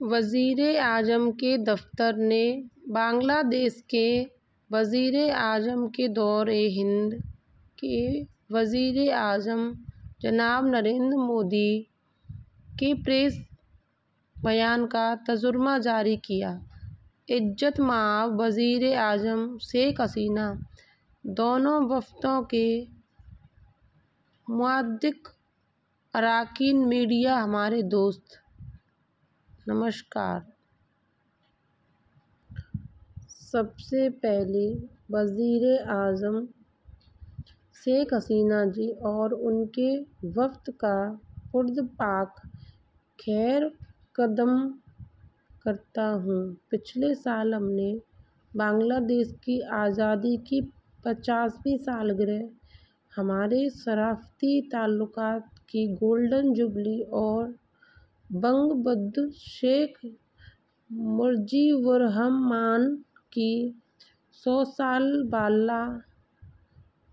وزیر اعظم کے دفتر نے بنگلہ دیش کے وزیر اعظم کے دورۂ ہند کے دوران وزیر اعظم جناب نریندر مودی کے پریس بیان کا ترجمہ جاری کیا۔ عزت مآب وزیر اعظم شیخ حسینہ، دونوں وفود کے معزز اراکین، میڈیا کے ہمارے دوست، نمسکار! سب سے پہلے میں وزیر اعظم شیخ حسینہ جی اور ان کے وفد کا پرتپاک خیرمقدم کرتا ہوں۔ پچھلے سال ہم نے بنگلہ دیش کی آزادی کی پچاسویں سالگرہ، ہمارے سفارتی تعلقات کی گولڈن جوبلی اور بنگ بندھو شیخ مجیب الرحمان کی صد سالہ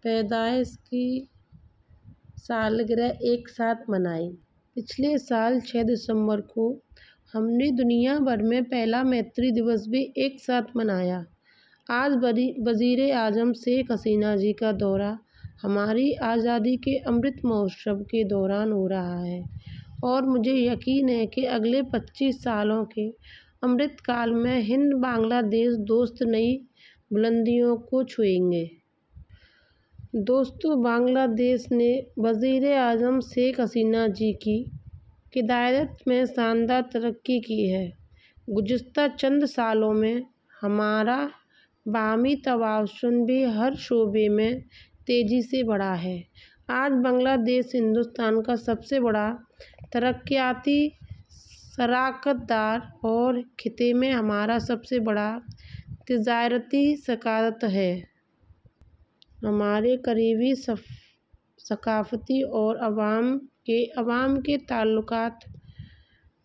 پیدائش کی سالگرہ ایک ساتھ منائی۔ پچھلے سال چھ دسمبر کو، ہم نے دنیا بھر میں پہلا میتری دیوس بھی ایک ساتھ منایا۔ آج وزیر اعظم شیخ حسینہ جی کا دورہ ہماری آزادی کے امرت مہوتسو کے دوران ہو رہا ہے اور مجھے یقین ہے کہ اگلے پچیس سالوں کے امرت کال میں ہند بنگلہ دیش دوستی نئی بلندیوں کو چھوئے گی۔ دوستو، بنگلہ دیش نے وزیر اعظم شیخ حسینہ جی کی قیادت میں شاندار ترقی کی ہے۔ گزشتہ چند سالوں میں ہمارا باہمی تعاون بھی ہر شعبے میں تیزی سے بڑھا ہے۔ آج بنگلہ دیش ہندوستان کا سب سے بڑا ترقیاتی پارٹنر اور خطے میں ہمارا سب سے بڑا تجارتی شراکت دار ہے۔ ہمارے قریبی ثقافتی اور عوام سے عوام کے تعلقات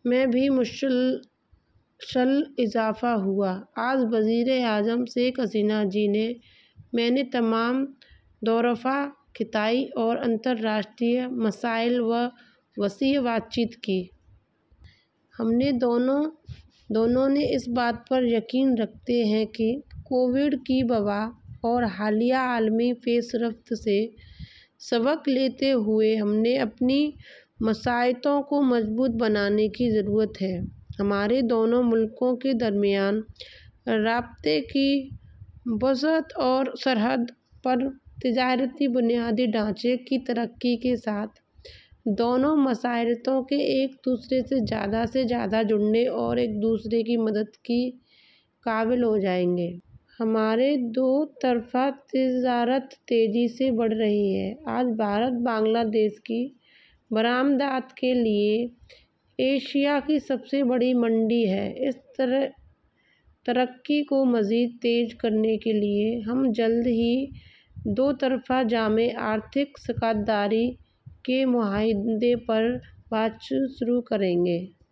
میں بھی مسلسل اضافہ ہوا ہے۔ آج وزیر اعظم شیخ حسینہ جی اور میں نے تمام دو طرفہ، علاقائی اور بین الاقوامی مسائل پر وسیع بات چیت کی۔ ہم دونوں اس بات پر یقین رکھتے ہیں کہ کووڈ کی وبا اور حالیہ عالمی پیش رفت سے سبق لیتے ہوئے ہمیں اپنی معیشتوں کو مضبوط بنانے کی ضرورت ہے۔ ہمارے دونوں ممالک کے درمیان رابطے کی توسیع اور سرحد پر تجارتی بنیادی ڈھانچے کی ترقی کے ساتھ، دونوں معیشتیں ایک دوسرے کے ساتھ زیادہ سے زیادہ جڑنے اور ایک دوسرے کی مدد کرنے کے قابل ہو جائیں گی۔ ہماری دو طرفہ تجارت تیزی سے بڑھ رہی ہے۔ آج بھارت بنگلہ دیش کی برآمدات کے لیے ایشیا کی سب سے بڑی منڈی ہے۔ اس ترقی کو مزید تیز کرنے کے لیے، ہم جلد ہی دو طرفہ جامع اقتصادی شراکت داری کے معاہدے پر بات چیت شروع کریں گے۔